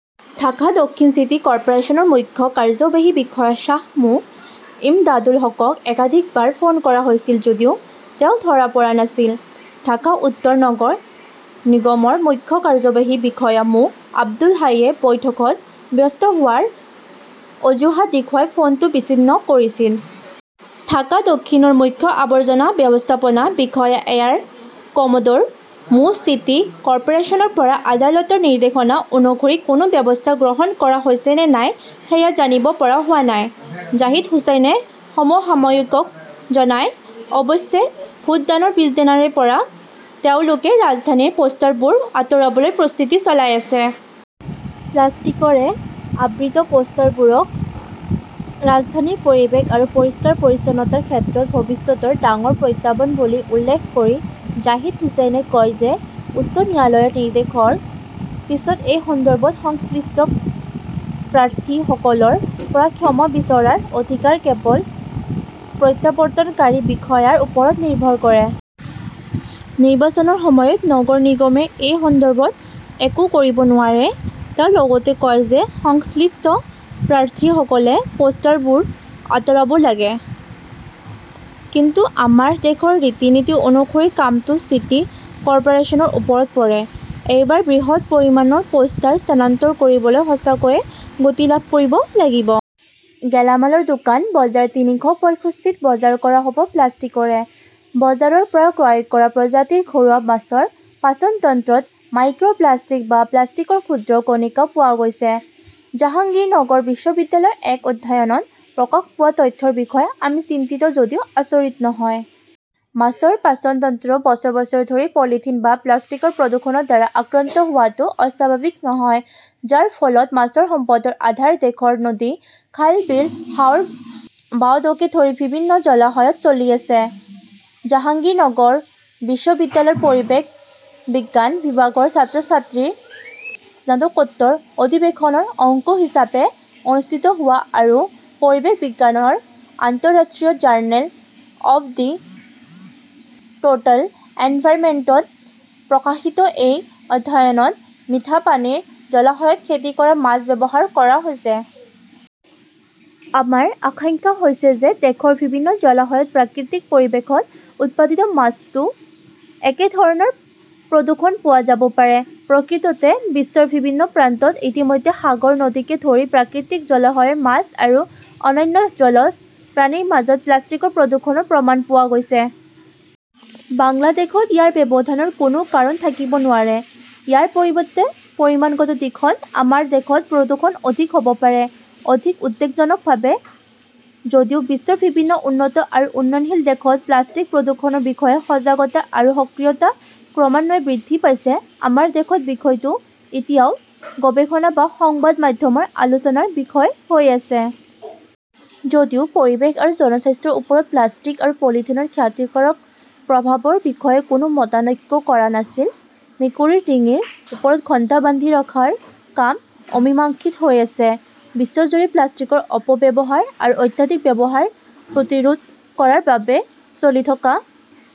ঢাকা দক্ষিণ চিটি কৰ্পোৰেচনৰ মুখ্য কাৰ্যবাহী বিষয়া শ্বাহ মো. ইমদাদুল হকক একাধিকবাৰ ফোন কৰা হৈছিল যদিও তেওঁ ধৰা পৰা নাছিল। ঢাকা উত্তৰ নগৰ নিগমৰ মুখ্য কাৰ্যবাহী বিষয়া মো. আব্দুল হাইয়ে বৈঠকত ব্যস্ত হোৱাৰ অজুহাত দেখুৱাই ফোনটো বিচ্ছিন্ন কৰিছিল। ঢাকা দক্ষিণৰ মুখ্য আৱৰ্জনা ব্যৱস্থাপনা বিষয়া এয়াৰ কমাডোৰ মো. চিটি কৰ্পোৰেচনৰ পৰা আদালতৰ নিৰ্দেশনা অনুসৰি কোনো ব্যৱস্থা গ্ৰহণ কৰা হৈছে নে নাই সেয়া জানিব পৰা হোৱা নাই, জাহিদ হুচেইনে সমসাময়িকক জনায়। অৱশ্যে, ভোটদানৰ পিছদিনাৰে পৰা তেওঁলোকে ৰাজধানীৰ পোষ্টাৰবোৰ আঁতৰাবলৈ প্ৰস্তুতি চলাই আছে। প্লাষ্টিকৰে আবৃত পোষ্টাৰবোৰক ৰাজধানীৰ পৰিৱেশ আৰু পৰিষ্কাৰ-পৰিচ্ছন্নতাৰ ক্ষেত্ৰত ভৱিষ্যতৰ ডাঙৰ প্ৰত্যাহ্বান বুলি উল্লেখ কৰি জাহিদ হুচেইনে কয় যে উচ্চ ন্যায়ালয়ৰ নিৰ্দেশৰ পিছত এই সন্দৰ্ভত সংশ্লিষ্ট প্ৰাৰ্থীসকলৰ পৰা ক্ষমা বিচৰাৰ অধিকাৰ কেৱল প্ৰত্যাৱৰ্তনকাৰী বিষয়াৰ ওপৰত নিৰ্ভৰ কৰে। নিৰ্বাচনৰ সময়ত নগৰ নিগমে এই সন্দৰ্ভত একো কৰিব নোৱাৰে। তেওঁ লগতে কয় যে সংশ্লিষ্ট প্ৰাৰ্থীসকলে পোষ্টাৰবোৰ আঁতৰাব লাগে; কিন্তু আমাৰ দেশৰ ৰীতি-নীতি অনুসৰি কামটো চিটি কৰ্পোৰেচনৰ ওপৰত পৰে। এইবাৰ বৃহৎ পৰিমাণৰ পোষ্টাৰ স্থানান্তৰ কৰিবলৈ সঁচাকৈয়ে গতি লাভ কৰিব লাগিব। গেলামালৰ দোকান বজাৰ তিনিশ পয়ষষ্ঠি ত বজাৰ কৰা হ'ব প্লাষ্টিকৰে! বজাৰৰ পৰা ক্ৰয় কৰা প্ৰজাতিৰ ঘৰুৱা মাছৰ পাচন তন্ত্ৰত "মাইক্ৰপ্লাষ্টিক" বা প্লাষ্টিকৰ ক্ষুদ্ৰ কণিকা পোৱা গৈছে-জাহাংগীৰনগৰ বিশ্ববিদ্যালয়ৰ এক অধ্যয়নত প্ৰকাশ পোৱা তথ্যৰ বিষয়ে আমি চিন্তিত যদিও আচৰিত নহয়। মাছৰ পাচন তন্ত্ৰ বছৰ বছৰ ধৰি পলিথিন বা প্লাষ্টিকৰ প্ৰদূষণৰ দ্বাৰা আক্ৰান্ত হোৱাটো অস্বাভাৱিক নহয়, যাৰ ফলত মাছৰ সম্পদৰ আধাৰ দেশৰ নদী, খাল-বিল, হাওৰ-বাৱডকে ধৰি বিভিন্ন জলাশয়ত চলি আছে। জাহাংগীৰনগৰ বিশ্ববিদ্যালয়ৰ পৰিৱেশ বিজ্ঞান বিভাগৰ ছাত্ৰ-ছাত্ৰীৰ স্নাতকোত্তৰ অধিৱেশনৰ অংশ হিচাপে অনুষ্ঠিত হোৱা আৰু পৰিৱেশ বিজ্ঞানৰ আন্তঃৰাষ্ট্ৰীয় journal of the 'total এনভাইৰনমেণ্টত প্ৰকাশিত এই অধ্যয়নত মিঠা পানীৰ জলাশয়ত খেতি কৰা মাছ ব্যৱহাৰ কৰা হৈছে। আমাৰ আকাংক্ষা হৈছে যে দেশৰ বিভিন্ন জলাশয়ত প্ৰাকৃতিক পৰিৱেশত উৎপাদিত মাছতো একে ধৰণৰ প্ৰদূষণ পোৱা যাব পাৰে। প্ৰকৃততে, বিশ্বৰ বিভিন্ন প্ৰান্তত ইতিমধ্যে সাগৰ, নদীকে ধৰি প্ৰাকৃতিক জলাশয়ে মাছ আৰু অন্যান্য জলজ প্ৰাণীৰ মাজত প্লাষ্টিকৰ প্ৰদূষণৰ প্ৰমাণ পোৱা গৈছে। বাংলাদেশত ইয়াৰ ব্যৱধানৰ কোনো কাৰণ থাকিব নোৱাৰে। ইয়াৰ পৰিৱৰ্তে পৰিমাণগত দিশত আমাৰ দেশত প্ৰদূষণ অধিক হ’ব পাৰে। অধিক উদ্বেগজনকভাৱে, যদিও বিশ্বৰ বিভিন্ন উন্নত আৰু উন্নয়নশীল দেশত প্লাষ্টিক প্ৰদূষণৰ বিষয়ে সজাগতা আৰু সক্ৰিয়তা ক্ৰমান্বয়ে বৃদ্ধি পাইছে, আমাৰ দেশত বিষয়টো এতিয়াও গৱেষণা বা সংবাদ মাধ্যমৰ আলোচনাৰ বিষয় হৈ আছে। যদিও পৰিৱেশ আৰু জনস্বাস্থ্যৰ ওপৰত প্লাষ্টিক আৰু পলিথিনৰ খ্যাতিকাৰক প্ৰভাৱৰ বিষয়ে কোনো মতানৈক্য কৰা নাছিল, মেকুৰীৰ ডিঙিৰ ওপৰত ঘণ্টা বান্ধি ৰখাৰ কাম অমীমাংসিত হৈ আছে। বিশ্বজুৰি প্লাষ্টিকৰ অপব্যৱহাৰ আৰু অত্যাধিক ব্যৱহাৰ প্ৰতিৰোধ কৰাৰ বাবে চলি থকা